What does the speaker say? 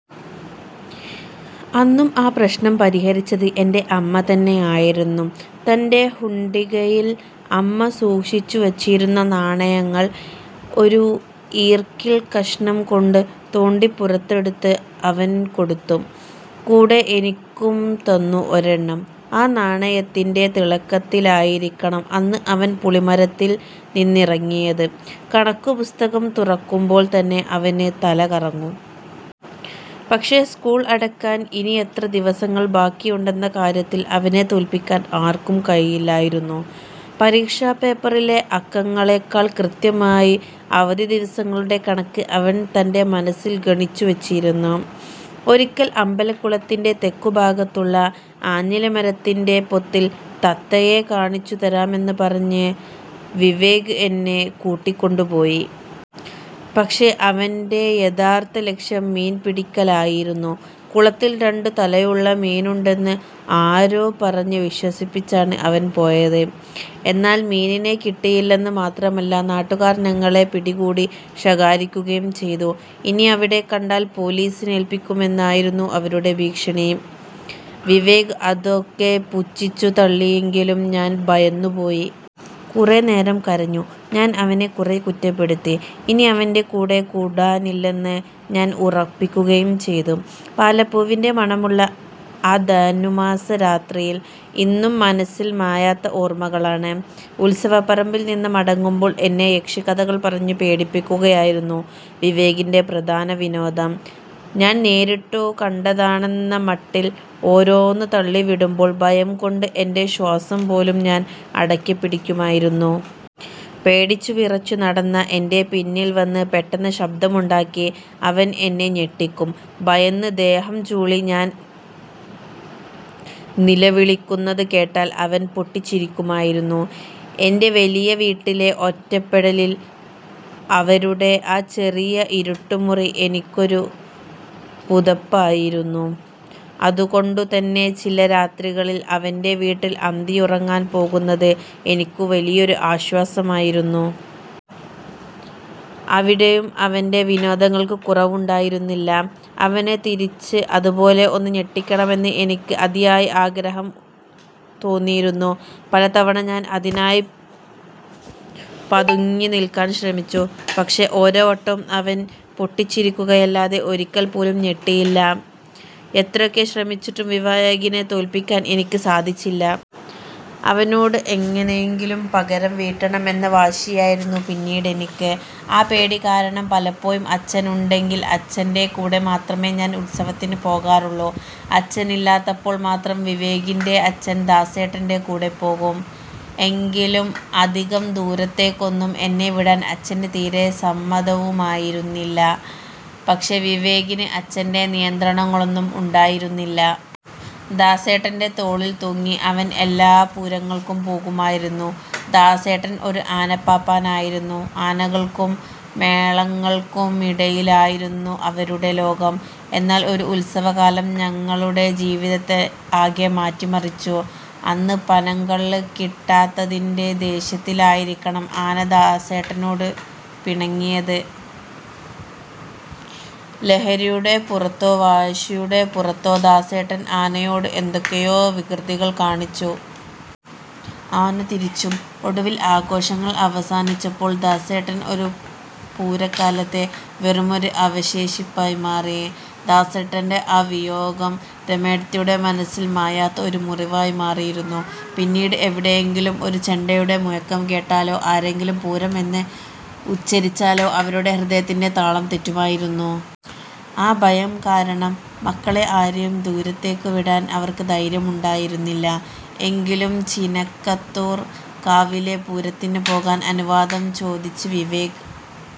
അന്നും ആ പ്രശ്നം പരിഹരിച്ചത് എന്റെ അമ്മ തന്നെയായിരുന്നു. തന്റെ ഹുണ്ടികയിൽ അമ്മ സൂക്ഷിച്ചുവെച്ചിരുന്ന നാണയങ്ങൾ ഒരു ഈർക്കിൽ കഷ്ണം കൊണ്ട് തോണ്ടി പുറത്തെടുത്ത് അവന് കൊടുത്തു. കൂടെ എനിക്കും തന്നു ഒരെണ്ണം. ആ നാണയത്തിന്റെ തിളക്കത്തിലായിരിക്കണം അന്ന് അവൻ പുളിമരത്തിൽ നിന്നിറങ്ങിയത്. കണക്കുപുസ്തകം തുറക്കുമ്പോൾ തന്നെ അവന് തല കറങ്ങും. പക്ഷേ, സ്കൂൾ അടയ്ക്കാൻ ഇനിയെത്ര ദിവസങ്ങൾ ബാക്കിയുണ്ടെന്ന കാര്യത്തിൽ അവനെ തോൽപ്പിക്കാൻ ആർക്കും കഴിയില്ലായിരുന്നു. പരീക്ഷാ പേപ്പറിലെ അക്കങ്ങളേക്കാൾ കൃത്യമായി അവധി ദിവസങ്ങളുടെ കണക്ക് അവൻ തന്റെ മനസ്സിൽ ഗണിച്ചു വെച്ചിരുന്നു. ഒരിക്കൽ, അമ്പലക്കുളത്തിന്റെ തെക്കുഭാഗത്തുള്ള ആഞ്ഞിലിമരത്തിന്റെ പൊത്തിൽ തത്തയെ കാണിച്ചുതരാമെന്ന് പറഞ്ഞ് വിവേക് എന്നെ കൂട്ടിക്കൊണ്ടുപോയി. പക്ഷേ അവന്റെ യഥാർത്ഥ ലക്ഷ്യം മീൻ പിടിക്കലായിരുന്നു. കുളത്തിൽ രണ്ടു തലയുള്ള മീനുണ്ടെന്ന് ആരോ പറഞ്ഞത് വിശ്വസിപ്പിച്ചാണ് അവൻ പോയത്. എന്നാൽ മീനിനെ കിട്ടിയില്ലെന്ന് മാത്രമല്ല, നാട്ടുകാർ ഞങ്ങളെ പിടികൂടി ശകാരിക്കുകയും ചെയ്തു. ഇനി അവിടെ കണ്ടാൽ പോലീസിൽ ഏൽപ്പിക്കുമെന്നായിരുന്നു അവരുടെ ഭീഷണി. വിവേക് അതൊക്കെ പുച്ഛിച്ചു തള്ളിയെങ്കിലും ഞാൻ ഭയന്നുപോയി. കുറേനേരം കരഞ്ഞു. ഞാൻ അവനെ കുറെ കുറ്റപ്പെടുത്തി. ഇനി അവന്റെ കൂടെ കൂടാനില്ലെന്ന് ഞാൻ ഉറപ്പിക്കുകയും ചെയ്തു. പാലപ്പൂവിന്റെ മണമുള്ള ആ ധനുമാസ രാത്രിയിൽ ഇന്നും മനസ്സിൽ മായാത്ത ഓർമ്മകളാണ്. ഉത്സവപ്പറമ്പിൽ നിന്ന് മടങ്ങുമ്പോൾ എന്നെ യക്ഷിക്കഥകൾ പറഞ്ഞു പേടിപ്പിക്കുകയായിരുന്നു വിവേകിന്റെ പ്രധാന വിനോദം. താൻ നേരിട്ടു കണ്ടതാണെന്ന മട്ടിൽ ഓരോന്ന് തള്ളിവിടുമ്പോൾ, ഭയം കൊണ്ട് എന്റെ ശ്വാസം പോലും ഞാൻ അടക്കിപ്പിടിക്കുമായിരുന്നു. പേടിച്ച് വിറച്ചു നടന്ന എന്റെ പിന്നിൽ വന്ന് പെട്ടെന്ന് ശബ്ദമുണ്ടാക്കി അവൻ എന്നെ ഞെട്ടിക്കും. ഭയന്ന് ദേഹം ചൂളി ഞാൻ നിലവിളിക്കുന്നത് കേട്ടാൽ അവൻ പൊട്ടിച്ചിരിക്കുമായിരുന്നു. എന്റെ വലിയ വീട്ടിലെ ഒറ്റപ്പെടലിൽ, അവരുടെ ആ ചെറിയ ഇരുട്ടുമുറി എനിക്കൊരു പുതപ്പായിരുന്നു. അതുകൊണ്ടുതന്നെ ചില രാത്രികളിൽ അവന്റെ വീട്ടിൽ അന്തിയുറങ്ങാൻ പോകുന്നത് എനിക്കൊരു വലിയൊരു ആശ്വാസമായിരുന്നു അവിടെയും അവന്റെ വിനോദങ്ങൾക്ക് കുറവുണ്ടായിരുന്നില്ല. അവനെ തിരിച്ച് അതുപോലെ ഒന്ന് ഞെട്ടിക്കണമെന്ന് എനിക്കും അതിയായ ആഗ്രഹം തോന്നിയിരുന്നു. പല തവണ ഞാൻ അതിനായി പതുങ്ങി നിൽക്കാൻ ശ്രമിച്ചു. പക്ഷേ, ഓരോ വട്ടവും അവൻ പൊട്ടിച്ചിരിക്കുകയല്ലാതെ ഒരിക്കൽ പോലും ഞെട്ടിയില്ല. എത്രയൊക്കെ ശ്രമിച്ചിട്ടും വിവേകിനെ തോൽപ്പിക്കാൻ എനിക്ക് സാധിച്ചില്ല. അവനോട് എങ്ങനെയെങ്കിലും പകരം വീട്ടണമെന്ന വാശിയായിരുന്നു പിന്നീടെനിക്ക്. ആ പേടി കാരണം പലപ്പോഴും അച്ഛൻ ഉണ്ടെങ്കിൽ അച്ഛന്റെ കൂടെ മാത്രമേ ഞാൻ ഉത്സവത്തിന് പോകാറുള്ളൂ. അച്ഛനില്ലാത്തപ്പോൾ മാത്രം വിവേകിന്റെ അച്ഛൻ ദാസേട്ടന്റെ കൂടെപ്പോകും. എങ്കിലും അധികം ദൂരത്തേക്കൊന്നും എന്നെ വിടാൻ അച്ഛന് തീരെ സമ്മതവുമായിരുന്നില്ല. പക്ഷേ വിവേകിന് അച്ഛന്റെ നിയന്ത്രണങ്ങളൊന്നും ഉണ്ടായിരുന്നില്ല. ദാസേട്ടന്റെ തോളിൽ തൂങ്ങി അവൻ എല്ലാ പൂരങ്ങൾക്കും പോകുമായിരുന്നു. ദാസേട്ടൻ ഒരു ആനപ്പാപ്പാനായിരുന്നു. ആനകൾക്കും മേളങ്ങൾക്കുമിടയിലായിരുന്നു അവരുടെ ലോകം. എന്നാൽ ഒരു ഉത്സവക്കാലം ഞങ്ങളുടെ ജീവിതത്തെയാകെ മാറ്റിമറിച്ചു. അന്ന് പനം കള്ള് കിട്ടാത്തതിന്റെ ദേഷ്യത്തിലായിരിക്കണം ആന ദാസേട്ടനോട് പിണങ്ങിയത്. ലഹരിയുടെ പുറത്തോ വാശിയുടെ പുറത്തോ ദാസേട്ടൻ ആനയോട് എന്തൊക്കെയോ വികൃതികൾ കാണിച്ചു. ആന തിരിച്ചും. ഒടുവിൽ, ആഘോഷങ്ങൾ അവസാനിച്ചപ്പോൾ ദാസേട്ടൻ ഒരു പൂരക്കാലത്തെ വെറുമൊരു അവശേഷിപ്പായി മാറി. ദാസേട്ടന്റെ ആ വിയോഗം രമേടത്തിയുടെ മനസ്സിൽ മായാത്ത ഒരു മുറിവായി മാറിയിരുന്നു. പിന്നീട് എവിടെയെങ്കിലും ഒരു ചെണ്ടയുടെ മുഴക്കം കേട്ടാലോ, ആരെങ്കിലും 'പൂരം' എന്ന് ഉച്ചരിച്ചാലോ അവരുടെ ഹൃദയത്തിന്റെ താളം തെറ്റുമായിരുന്നു. ആ ഭയം കാരണം മക്കളെ ആരെയും ദൂരേക്ക് വിടാൻ അവർക്ക് ധൈര്യമുണ്ടായിരുന്നില്ല. എങ്കിലും ചിനക്കത്തൂർ കാവിലെ പൂരത്തിന് പോകാൻ അനുവാദം ചോദിച്ച് വിവേക്